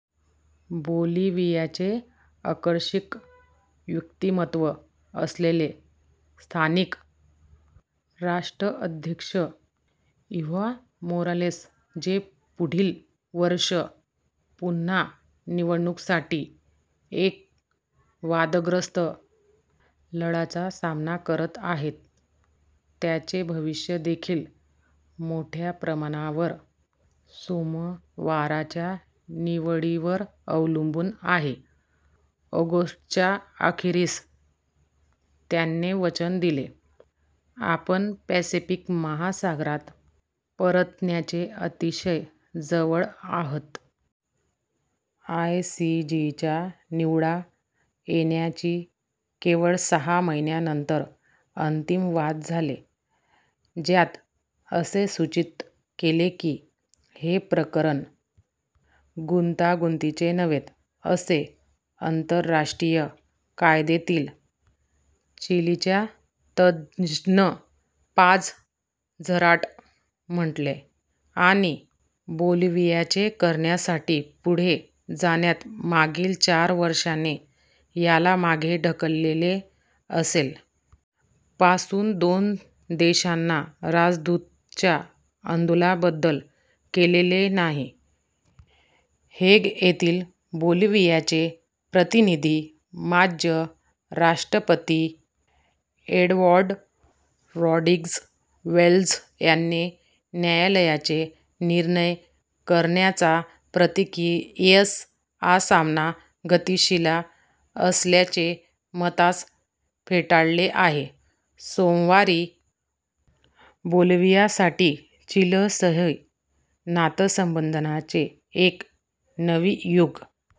बोलिव्हियाचे आकर्षक व्यक्तिमत्व असलेले स्थानिक राष्ट्राध्यक्ष इव्हो मोरालेस – जे पुढील वर्षी पुनः निवडणुकांसाठी एका वादग्रस्त लढ्याचा सामना करीत आहेत – त्यांचे भविष्य देखील मोठ्या प्रमाणावर सोमवारच्या निवाड्यावर अवलंबून आहे. ऑगस्टच्या अखेरीस त्यांनी वचन दिले, "आपण पॅसिफिक महासागरात परतण्याच्या अतिशय जवळ आहोत. आयसीजेचा निवडा येण्याच्या केवळ सहा महिन्यानंतर अंतिम वाद झाला, ज्यात असे सूचित केले की हे प्रकरण "गुंतागुंतीचे नव्हते," असे आंतरराष्ट्रीय कायद्यातील चीलीच्या तज्ज्ञ पाझ झराटे म्हणाल्या. आणि बोलिव्हियाच्या कारणासाठी पुढे जाण्यात, मागील चार वर्षांनी याला मागे ढकलले असेल. पासून दोन्ही देशांनी राजदूतांची अदलाबदली केलेली नाही. हेग येथील बोलिव्हियाचे प्रतिनिधी, माजी राष्ट्रपती एड्वार्डो रॉड्रिग्ज वेल्झे यांनी न्यायालयाच्या निर्णय करण्याच्या प्रक्रियेस असामान्य गतिशील असल्याच्या मतास फेटाळले आहे. "सोमवारी बोलिव्हियासाठी चिलीसह नातेसंबंधांचे एक नवे युग